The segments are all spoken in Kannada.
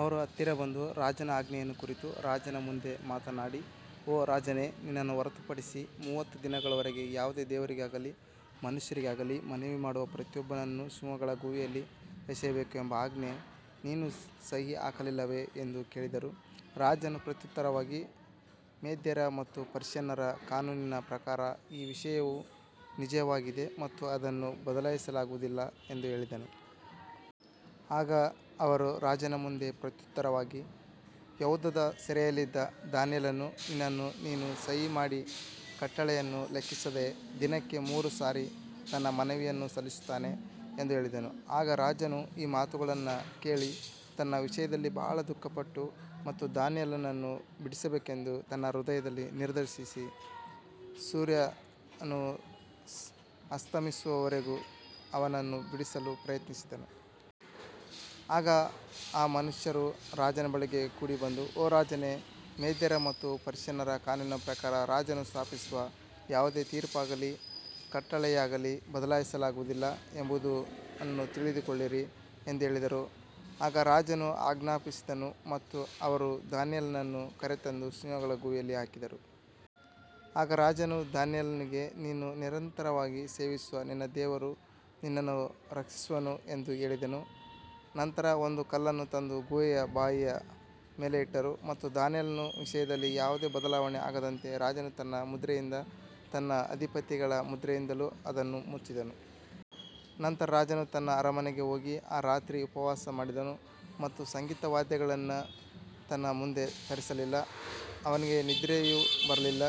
ಅವರು ಹತ್ತಿರ ಬಂದು ರಾಜನ ಆಜ್ಞೆಯನ್ನು ಕುರಿತು ರಾಜನ ಮುಂದೆ ಮಾತನಾಡಿ, ಓ ರಾಜನೇ, ನಿನ್ನನ್ನು ಹೊರತುಪಡಿಸಿ ಮೂವತ್ತು ದಿನಗಳವರೆಗೆ ಯಾವುದೇ ದೇವರಿಗಾಗಲಿ ಮನುಷ್ಯನಿಗಾಗಲಿ ಮನವಿ ಮಾಡುವ ಪ್ರತಿಯೊಬ್ಬನನ್ನೂ ಸಿಂಹಗಳ ಗುಹೆಯಲ್ಲಿ ಎಸೆಯಬೇಕು ಎಂಬ ಆಜ್ಞೆಗೆ ನೀನು ಸಹಿ ಹಾಕಲಿಲ್ಲವೇ ಎಂದು ಕೇಳಿದರು. ರಾಜನು ಪ್ರತ್ಯುತ್ತರವಾಗಿ, ಮೇದ್ಯರ ಮತ್ತು ಪರ್ಷಿಯನ್ನರ ಕಾನೂನಿನ ಪ್ರಕಾರ ಈ ವಿಷಯವು ನಿಜವಾಗಿದೆ ಮತ್ತು ಅದನ್ನು ಬದಲಾಯಿಸಲಾಗುವುದಿಲ್ಲ ಎಂದು ಹೇಳಿದನು. ಆಗ ಅವರು ರಾಜನ ಮುಂದೆ ಪ್ರತ್ಯುತ್ತರವಾಗಿ, ಯೆಹೂದದ ಸೆರೆಯಲ್ಲಿದ್ದ ದಾನಿಯೇಲನು ನಿನ್ನನ್ನೂ ನೀನು ಸಹಿ ಮಾಡಿದ ಕಟ್ಟಳೆಯನ್ನೂ ಲೆಕ್ಕಿಸದೆ ದಿನಕ್ಕೆ ಮೂರು ಸಾರಿ ತನ್ನ ಮನವಿಯನ್ನು ಸಲ್ಲಿಸುತ್ತಾನೆ ಎಂದು ಹೇಳಿದರು. ಆಗ ರಾಜನು ಈ ಮಾತುಗಳನ್ನು ಕೇಳಿ ತನ್ನ ವಿಷಯದಲ್ಲಿ ಬಹಳವಾಗಿ ದುಃಖಪಟ್ಟನು ಮತ್ತು ದಾನಿಯೇಲನನ್ನು ಬಿಡಿಸಬೇಕೆಂದು ತನ್ನ ಹೃದಯದಲ್ಲಿ ನಿರ್ಧರಿಸಿ, ಸೂರ್ಯನು ಅಸ್ತಮಿಸುವವರೆಗೂ ಅವನನ್ನು ಬಿಡಿಸಲು ಪ್ರಯತ್ನಿಸಿದನು. ಆಗ ಆ ಮನುಷ್ಯರು ರಾಜನ ಬಳಿಗೆ ಕೂಡಿಬಂದು, ಓ ರಾಜನೇ, ಮೇದ್ಯರ ಮತ್ತು ಪರ್ಷಿಯನ್ನರ ಕಾನೂನಿನ ಪ್ರಕಾರ ರಾಜನು ಸ್ಥಾಪಿಸುವ ಯಾವುದೇ ತೀರ್ಪಾಗಲಿ ಕಟ್ಟಳೆಯಾಗಲಿ ಬದಲಾಯಿಸಲಾಗುವುದಿಲ್ಲ ಎಂಬುದನ್ನು ತಿಳಿದುಕೊಳ್ಳಿರಿ ಎಂದು ಹೇಳಿದರು. ಆಗ ರಾಜನು ಆಜ್ಞಾಪಿಸಿದನು ಮತ್ತು ಅವರು ದಾನಿಯೇಲನನ್ನು ಕರೆತಂದು ಸಿಂಹಗಳ ಗುಹೆಯಲ್ಲಿ ಹಾಕಿದರು. ಆಗ ರಾಜನು ದಾನಿಯೇಲನಿಗೆ, ನೀನು ನಿರಂತರವಾಗಿ ಸೇವಿಸುವ ನಿನ್ನ ದೇವರು ನಿನ್ನನ್ನು ರಕ್ಷಿಸುವನು ಎಂದು ಹೇಳಿದನು. ನಂತರ ಒಂದು ಕಲ್ಲನ್ನು ತಂದು ಗುಹೆಯ ಬಾಯಿಯ ಮೇಲೆ ಇಟ್ಟರು ಮತ್ತು ದಾನಿಯೇಲನ ವಿಷಯದಲ್ಲಿ ಯಾವುದೇ ಬದಲಾವಣೆ ಆಗದಂತೆ ರಾಜನು ತನ್ನ ಮುದ್ರೆಯಿಂದಲೂ ತನ್ನ ಅಧಿಪತಿಗಳ ಮುದ್ರೆಯಿಂದಲೂ ಅದನ್ನು ಮುಚ್ಚಿದನು. ನಂತರ ರಾಜನು ತನ್ನ ಅರಮನೆಗೆ ಹೋಗಿ ಆ ರಾತ್ರಿ ಉಪವಾಸ ಮಾಡಿದನು ಮತ್ತು ಸಂಗೀತ ವಾದ್ಯಗಳನ್ನು ತನ್ನ ಮುಂದೆ ತರಿಸಲಿಲ್ಲ, ಅವನಿಗೆ ನಿದ್ರೆಯೂ ಬರಲಿಲ್ಲ.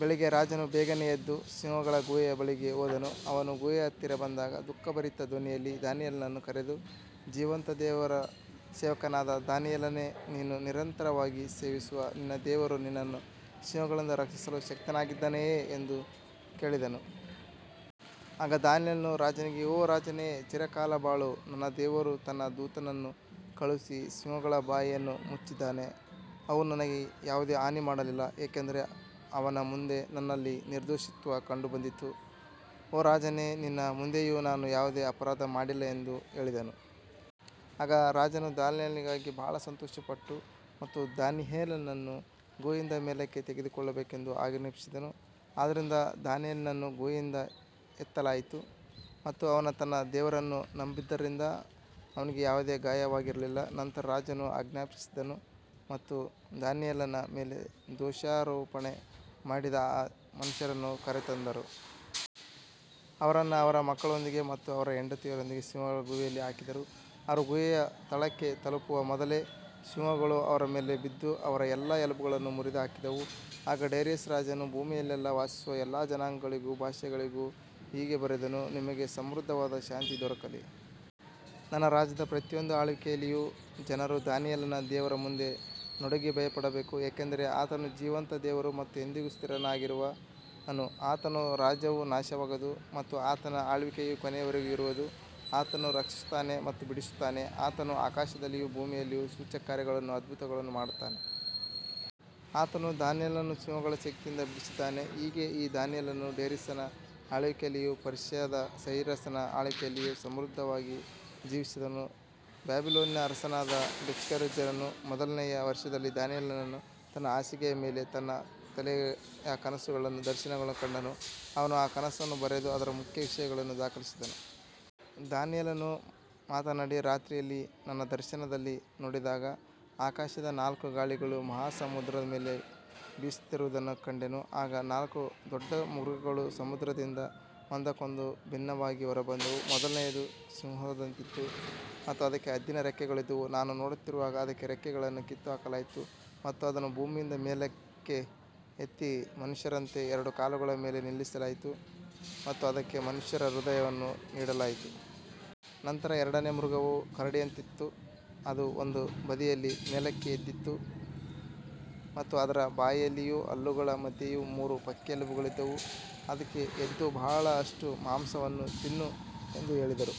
ಬೆಳಿಗ್ಗೆ ರಾಜನು ಬೇಗನೆ ಎದ್ದು ಸಿಂಹಗಳ ಗುಹೆಯ ಬಳಿಗೆ ಹೋದನು. ಅವನು ಗುಹೆಯ ಹತ್ತಿರ ಬಂದಾಗ ದುಃಖಭರಿತ ಧ್ವನಿಯಲ್ಲಿ ದಾನಿಯೇಲನನ್ನು ಕರೆದು, ಜೀವಂತ ದೇವರ ಸೇವಕನಾದ ದಾನಿಯೇಲನೇ, ನೀನು ನಿರಂತರವಾಗಿ ಸೇವಿಸುವ ನಿನ್ನ ದೇವರು ನಿನ್ನನ್ನು ಸಿಂಹಗಳಿಂದ ರಕ್ಷಿಸಲು ಶಕ್ತನಾಗಿದ್ದಾನೆಯೇ ಎಂದು ಕೇಳಿದನು. ಆಗ ದಾನಿಯೇಲನು ರಾಜನಿಗೆ, ಓ ರಾಜನೇ, ಚಿರಕಾಲ ಬಾಳು. ನನ್ನ ದೇವರು ತನ್ನ ದೂತನನ್ನು ಕಳುಹಿಸಿ ಸಿಂಹಗಳ ಬಾಯಿಯನ್ನು ಮುಚ್ಚಿದ್ದಾನೆ. ಅವು ನನಗೆ ಯಾವುದೇ ಹಾನಿ ಮಾಡಲಿಲ್ಲ, ಏಕೆಂದರೆ ಅವನ ಮುಂದೆ ನನ್ನಲ್ಲಿ ನಿರ್ದೋಷಿತ್ವ ಕಂಡುಬಂದಿತು ಮತ್ತು ಓ ರಾಜನೇ, ನಿನ್ನ ಮುಂದೆಯೂ ನಾನು ಯಾವುದೇ ಅಪರಾಧ ಮಾಡಿಲ್ಲ ಎಂದು ಹೇಳಿದನು. ಆಗ ರಾಜನು ಅವನಿಗಾಗಿ ಬಹಳ ಸಂತೋಷಪಟ್ಟನು ಮತ್ತು ದಾನಿಯೇಲನನ್ನು ಗುಹೆಯಿಂದ ಮೇಲಕ್ಕೆ ತೆಗೆದುಕೊಳ್ಳಬೇಕೆಂದು ಆಜ್ಞಾಪಿಸಿದನು. ಆದ್ದರಿಂದ ದಾನಿಯೇಲನನ್ನು ಗುಹೆಯಿಂದ ಎತ್ತಲಾಯಿತು ಮತ್ತು ಅವನು ತನ್ನ ದೇವರನ್ನು ನಂಬಿದ್ದರಿಂದ ಅವನಿಗೆ ಯಾವುದೇ ಗಾಯವಾಗಿರಲಿಲ್ಲ. ನಂತರ ರಾಜನು ಆಜ್ಞಾಪಿಸಿದನು ಮತ್ತು ದಾನಿಯೇಲನ ಮೇಲೆ ದೋಷಾರೋಪಣೆ ಮಾಡಿದ ಆ ಮನುಷ್ಯರನ್ನು ಕರೆತಂದರು. ಅವರನ್ನು ಅವರ ಮಕ್ಕಳೊಂದಿಗೆ ಮತ್ತು ಅವರ ಹೆಂಡತಿಯರೊಂದಿಗೆ ಸಿಂಹಗಳ ಗುಹೆಯಲ್ಲಿ ಹಾಕಿದರು. ಅವರು ಗುಹೆಯ ತಳಕ್ಕೆ ತಲುಪುವ ಮೊದಲೇ ಸಿಂಹಗಳು ಅವರ ಮೇಲೆ ಬಿದ್ದು ಅವರ ಎಲ್ಲಾ ಎಲುಬುಗಳನ್ನು ಮುರಿದುಹಾಕಿದವು. ಆಗ ಡೇರಿಯಸ್ ರಾಜನು ಭೂಮಿಯಲ್ಲೆಲ್ಲಾ ವಾಸಿಸುವ ಎಲ್ಲಾ ಜನಾಂಗಗಳಿಗೂ ಭಾಷೆಗಳಿಗೂ ಹೀಗೆ ಬರೆದನು, ನಿಮಗೆ ಸಮೃದ್ಧವಾದ ಶಾಂತಿ ದೊರಕಲಿ. ನನ್ನ ರಾಜ್ಯದ ಪ್ರತಿಯೊಂದು ಆಳ್ವಿಕೆಯಲ್ಲಿಯೂ ಜನರು ದಾನಿಯೇಲನ ದೇವರ ಮುಂದೆ ನಡುಗಿ ಭಯಪಡಬೇಕು, ಏಕೆಂದರೆ ಆತನು ಜೀವಂತ ದೇವರು ಮತ್ತು ಎಂದೆಂದಿಗೂ ಸ್ಥಿರನಾಗಿರುವನು, ಆತನ ರಾಜ್ಯವು ನಾಶವಾಗದು ಮತ್ತು ಆತನ ಆಳ್ವಿಕೆಯು ಕೊನೆಯವರೆಗೂ ಇರುವುದು. ಆತನು ರಕ್ಷಿಸುತ್ತಾನೆ ಮತ್ತು ಬಿಡಿಸುತ್ತಾನೆ, ಆತನು ಆಕಾಶದಲ್ಲಿಯೂ ಭೂಮಿಯಲ್ಲಿಯೂ ಸೂಚಕಕಾರ್ಯಗಳನ್ನೂ ಅದ್ಭುತಗಳನ್ನೂ ಮಾಡುತ್ತಾನೆ. ಆತನು ದಾನಿಯೇಲನನ್ನು ಸಿಂಹಗಳ ಶಕ್ತಿಯಿಂದ ಬಿಡಿಸಿದ್ದಾನೆ. ಹೀಗೆ ಈ ದಾನಿಯೇಲನು ಡೇರಿಯಸನ ಆಳ್ವಿಕೆಯಲ್ಲಿಯೂ ಪರ್ಷಿಯಾದ ಸೈರಸನ ಆಳ್ವಿಕೆಯಲ್ಲಿಯೂ ಸಮೃದ್ಧನಾಗಿ ಜೀವಿಸಿದನು. ಬಾಬಿಲೋನಿನ ಅರಸನಾದ ಬೆಲ್ಶಚ್ಚರನ ಮೊದಲನೆಯ ವರ್ಷದಲ್ಲಿ ದಾನಿಯೇಲನು ತನ್ನ ಹಾಸಿಗೆಯ ಮೇಲೆ ತನ್ನ ತಲೆಯ ಕನಸುಗಳನ್ನೂ ದರ್ಶನಗಳನ್ನೂ ಕಂಡನು. ಅವನು ಆ ಕನಸನ್ನು ಬರೆದು ಅದರ ಮುಖ್ಯ ವಿಷಯಗಳನ್ನು ದಾಖಲಿಸಿದನು. ದಾನಿಯೇಲನು ಮಾತನಾಡಿ, ರಾತ್ರಿಯಲ್ಲಿ ನನ್ನ ದರ್ಶನದಲ್ಲಿ ನೋಡಿದಾಗ, ಆಕಾಶದ ನಾಲ್ಕು ಗಾಳಿಗಳು ಮಹಾ ಸಮುದ್ರದ ಮೇಲೆ ಬೀಸುತ್ತಿರುವುದನ್ನು ಕಂಡೆನು. ಆಗ ನಾಲ್ಕು ದೊಡ್ಡ ಮೃಗಗಳು ಸಮುದ್ರದಿಂದ ಒಂದಕ್ಕೊಂದು ವಿಭಿನ್ನವಾಗಿ ಹೊರಬಂದವು. ಮೊದಲನೆಯದು ಸಿಂಹದಂತಿತ್ತು ಮತ್ತು ಅದಕ್ಕೆ ಹದ್ದಿನ ರೆಕ್ಕೆಗಳಿದ್ದವು. ನಾನು ನೋಡುತ್ತಿರುವಾಗ ಅದರ ರೆಕ್ಕೆಗಳನ್ನು ಕಿತ್ತುಹಾಕಲಾಯಿತು ಮತ್ತು ಅದನ್ನು ಭೂಮಿಯಿಂದ ಮೇಲಕ್ಕೆತ್ತಿ ಮನುಷ್ಯನಂತೆ ಎರಡು ಕಾಲುಗಳ ಮೇಲೆ ನಿಲ್ಲಿಸಲಾಯಿತು ಮತ್ತು ಅದಕ್ಕೆ ಮನುಷ್ಯನ ಹೃದಯವನ್ನು ನೀಡಲಾಯಿತು. ನಂತರ ಎರಡನೆಯ ಮೃಗವು ಕರಡಿಯಂತಿತ್ತು. ಅದು ಒಂದು ಬದಿಯಲ್ಲಿ ಮೇಲಕ್ಕೆ ಎದ್ದಿತ್ತು ಮತ್ತು ಅದರ ಬಾಯಿಯಲ್ಲಿಯೂ ಹಲ್ಲುಗಳ ಮಧ್ಯೆಯೂ ಮೂರು ಪಕ್ಕೆಲುಬುಗಳಿದ್ದವು. ಅದಕ್ಕೆ, ಎದ್ದು ಬಹಳಷ್ಟು ಮಾಂಸವನ್ನು ತಿನ್ನು ಎಂದು ಹೇಳಿದರು.